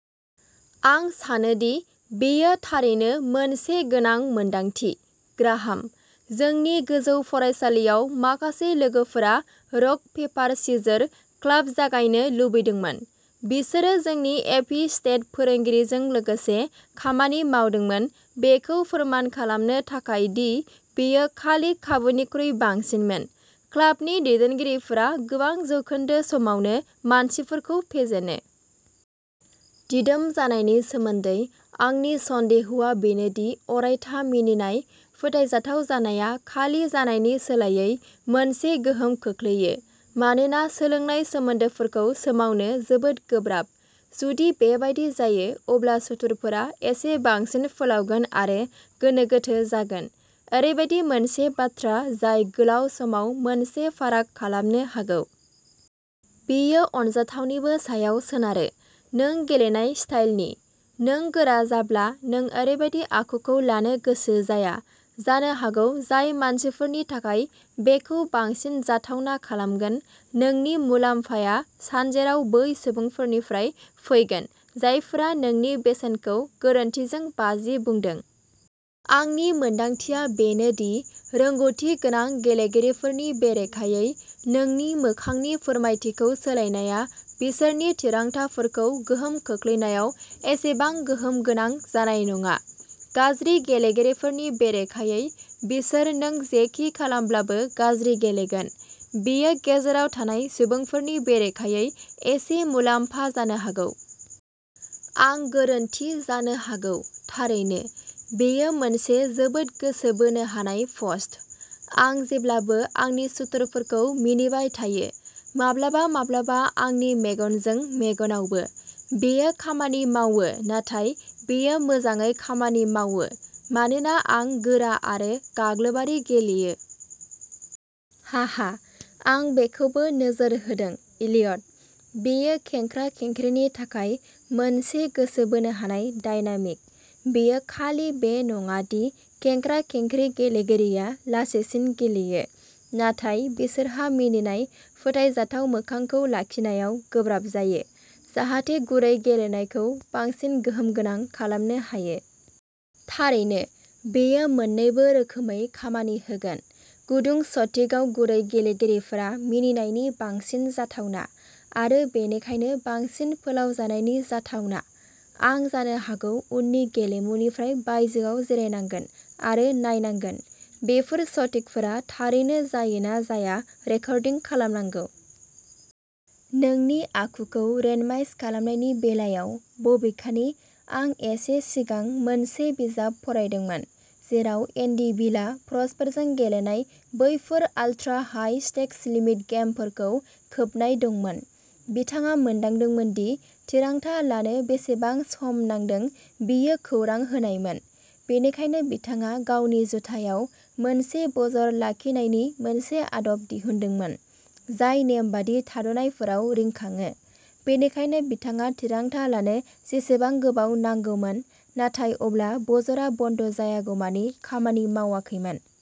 आं सानो दि बेयो थारैनो मोनसे गोनां मोनदांथि, ग्राहाम। जोंनि गोजौ फरायसालिआव, माखासे लोगोफोरा "रक पेपार सिजर" क्लाब जागायनो लुबैदोंमोन। बिसोरो जोंनि एपी स्टेट फोरोंगिरिजों लोगोसे खामानि मावदोंमोन बेखौ फोरमान खालामनो थाखाय दि बेयो खालि खाबुनिख्रुइ बांसिनमोन-क्लाबनि दैदेनगिरिफोरा गोबां जौखोन्दो समावनो मानसिफोरखौ फेजेनो। दिदोम जानायनि सोमोन्दैः आंनि सन्देहआ बेनो दि अरायथा मिनिनाय/फोथायजाथाव जानाया खालि जानायनि सोलायै मोनसे गोहोम खोख्लैयो मानोना सोलोंनाय सोमोन्दोफोरखौ सोमावनो जोबोद गोब्राब। जुदि बेबादि जायो, अब्ला सुथुरफोरा एसे बांसिन फोलावगोन आरो गोनो-गोथो जागोन-ओरैबायदि मोनसे बाथ्रा जाय गोलाव समाव मोनसे फाराग खालामनो हागौ। बेयो अनजाथावनिबो सायाव सोनारो। नों गेलेनाय स्टाइलनि। नों गोरा जाब्ला, नों ओरैबादि आखुखौ लानो गोसो जाया जानो हागौ जाय मानसिफोरनि थाखाय बेखौ बांसिन जाथावना खालामगोन, नोंनि मुलाम्फाया सानजेराव बै सुबुंफोरनिफ्राय फैगोन जायफोरा नोंनि बेसेनखौ गोरोन्थिजों बाजि बुंदों। आंनि मोनदांथिया बेनो दि रोंग'थि गोनां गेलेगिरिफोरनि बेरेखायै, नोंनि मोखांनि फोरमायथिखौ सोलायनाया बिसोरनि थिरांथाफोरखौ गोहोम खोख्लैनायाव एसेबां गोहोम गोनां जानाय नङा। गाज्रि गेलेगिरिफोरनि बेरेखायै, बिसोर नों जेखि खालामब्लाबो गाज्रि गेलेगोन। बेयो गेजेराव थानाय सुबुंफोरनि बेरेखायै एसे मुलाम्फा जानो हागौ। आं गोरोन्थि जानो हागौ, थारैनो। बेयो मोनसे जोबोद गोसो बोनो हानाय पस्ट। आं जेब्लाबो आंनि सुथुरफोरखौ मिनिबाय थायो। माब्लाबा माब्लाबा आंनि मेगनजों मेगनावबो। बेयो खामानि मावो नाथाय बेयो मोजाङै खामानि मावो'मानोना आं गोरा आरो गाग्लोबारि गेलेयो। हाहा, आं बेखौबो नोजोर होदों, एलियट! बेयो खेंख्रा-खेंख्रिनि थाखाय मोनसे गोसो बोनो हानाय डायनामिक। बेयो खालि बे नङा दि खेंख्रा-खेंख्रि गेलेगिरिया लासैसिन गेलेयो, नाथाय बिसोरहा मिनिनाय, फोथायजाथाव मोखांखौ लाखिनायाव गोब्राब जायो, जाहाथे गुरै गेलेनायखौ बांसिन गोहोम गोनां खालामनो हायो। थारैनो, बेयो मोन्नैबो रोखोमै खामानि होगोन। गुदुं सटिकआव गुरै गेलेगिरिफोरा मिनिनायनि बांसिन जाथावना, आरो बेनिखायनो बांसिन फोलावजानायनि जाथावना। आं जानो हागौ उननि गेलेमुनिफ्राय बायजोआव जिरायनांगोन आरो नायनांगोन, बेफोर सटिकफोरा थारैनो जायो ना जाया रेकर्डिं खालामनांगौ। नोंनि आखुखौ रेन्डमाइज खालामनायनि बेलायाव, बबेखानि, आं एसे सिगां मोनसे बिजाब फरायदोंमोन, जेराव एन्डि बिलआ प्र'सफोरजों गेलेनाय बैफोर आल्ट्रा-हाइ स्टेक्स लिमिट गेमफोरखौ खोबनाय दंमोन। बिथाङा मोनदांदोंमोन दि थिरांथा लानो बेसेबां सम नांदों बियो खौरां होनायमोन, बेनिखायनो बिथाङा गावनि जुथायाव मोनसे बजर लाखिनायनि मोनसे आदब दिहुनदोंमोन, जाय नेमबादि थाद'नायफोराव रिंखाङो, बेनिखायनो बिथाङा थिरांथा लानो जेसेबां गोबाव नांगौमोन, नाथाय अब्ला बजरआ बन्द जायागौमानि खामानि मावाखैमोन।